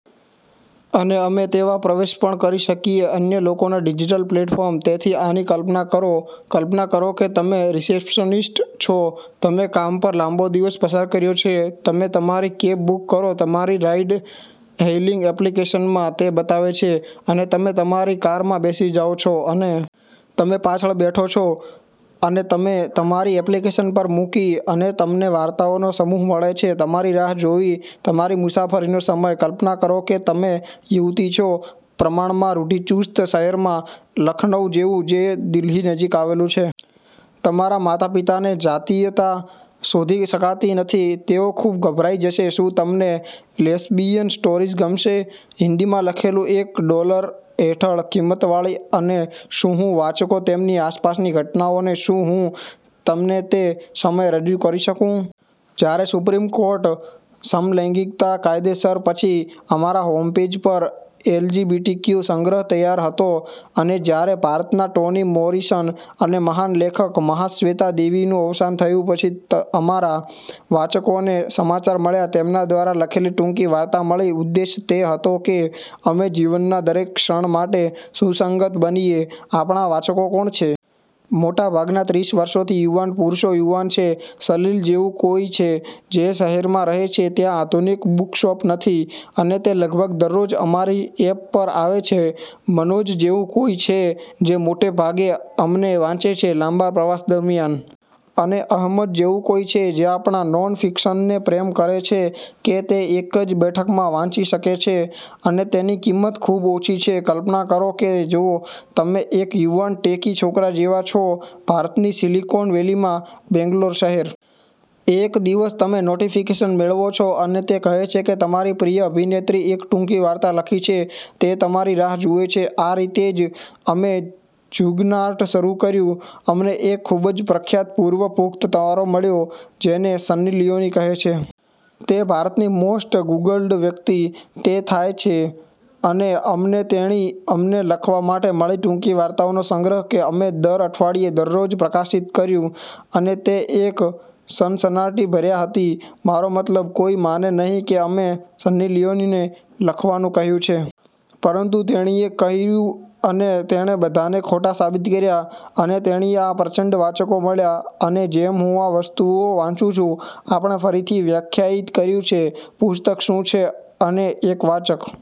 અને અમે તેવા પ્રવેશ પણ કરી શકીએ અન્ય લોકોના ડિજિટલ પ્લેટફોર્મ. તેથી, આની કલ્પના કરો: કલ્પના કરો કે તમે રિસેપ્શનિસ્ટ છો, તમે કામ પર લાંબો દિવસ પસાર કર્યો છે, તમે તમારી કેબ બુક કરો તમારી રાઇડ-હેઇલિંગ એપ્લિકેશનમાં, તે બતાવે છે, અને તમે તમારી કારમાં બેસી જાઓ છો, અને। તમે પાછળ બેઠો છો, અને તમે તમારી એપ્લિકેશન પર મૂકી. અને તમને વાર્તાઓનો સમૂહ મળે છે તમારી રાહ જોવી, તમારી મુસાફરીનો સમય. કલ્પના કરો કે તમે યુવતી છો, પ્રમાણમાં રૂઢિચુસ્ત શહેરમાં લખનૌ જેવું, જે દિલ્હી નજીક આવેલું છે. તમારા માતાપિતાને જાતિયતા શોધી શકાતી નથી તેઓ ખૂબ ગભરાઈ જશે શું તમને લેસ્બિયન સ્ટોરીઝ ગમશે? હિન્દીમાં લખેલું એક ડોલર હેઠળ કિંમતવાળી અને શું હું વાચકો તેમની આસપાસની ઘટનાઓ શું હું તમને તે સમયે રજૂ કરી શકું? જ્યારે સુપ્રીમ કોર્ટ સમલૈંગિકતા કાયદેસર, પછી અમારા હોમ પેજ પર એલજીબીટીક્યુ સંગ્રહ તૈયાર હતો અને જ્યારે ભારતના ટોની મોરીસન અને મહાન લેખક મહાશ્વેતા દેવીનું અવસાન થયું પછી અમારા વાચકોને સમાચાર મળ્યા તેમના દ્વારા લખેલી ટૂંકી વાર્તા મળી ઉદ્દેશ તે હતો કે અમે જીવનના દરેક ક્ષણ માટે સુસંગત બનીએ આપણા વાચકો કોણ છે? મોટાભાગના ત્રીસ વર્ષોથી યુવાન પુરુષો યુવાન છે સલીલ જેવું કોઈ છે, જે શહેરમાં રહે છે ત્યા આધુનિક બુકશોપ નથી. અને તે લગભગ દરરોજ અમારી એપ પર આવે છે. મનોજ જેવું કોઈ છે, જે મોટે ભાગે અમને વાંચે છે લાંબા પ્રવાસ દરમિયાન. અને અહમદ જેવું કોઈ છે, જે આપણા નોનફિક્શનને પ્રેમ કરે છે કે તે એક જ બેઠકમાં વાંચી શકે છે, અને તેની કિંમત ખૂબ ઓછી છે. કલ્પના કરો કે જો તમે એક યુવાન, ટેકી છોકરા જેવા છો ભારતની સિલિકોન વેલીમાં બેંગ્લોર શહેર. એક દિવસ તમૅ નોટીફીકેશન મેળવો છો અને તે કહે છે કે તમારી પ્રિય અભિનેત્રી એક ટૂંકી વાર્તા લખી છે તે તમારી રાહ જુએ છે આ રીતે જ અમે જુગર્નાટ શરૂ કર્યું. અમને એક ખૂબ જ પ્રખ્યાત પૂર્વ-પુખ્ત તારો મળ્યો, જેને સન્ની લિયોની કહે છે. તે ભારતની મોસ્ટ ગુગલ્ડ વ્યક્તિ, તે થાય છે. અને અમને તેણી અમને લખવા માટે મળી ટૂંકી વાર્તાઓનો સંગ્રહ કે અમે દર અઠવાડિયે દરરોજ પ્રકાશિત કર્યું. અને તે એક સનસનાટીભર્યા હતી. મારો મતલબ, કોઈ માને નહીં કે અમે સન્ની લિયોની ને લખવાનું કહ્યું છે. પરંતુ તેણીએ કહ્યું, અને તેણે બધાને ખોટા સાબિત કર્યા, અને તેણીને આ પ્રચંડ વાચકો મળ્યા. અને જેમ હું આ વસ્તુઓ વાંચું છું આપણા ફરીથી વ્યાખ્યાયિત કર્યું છે પુસ્તક શું છે અને એક વાચક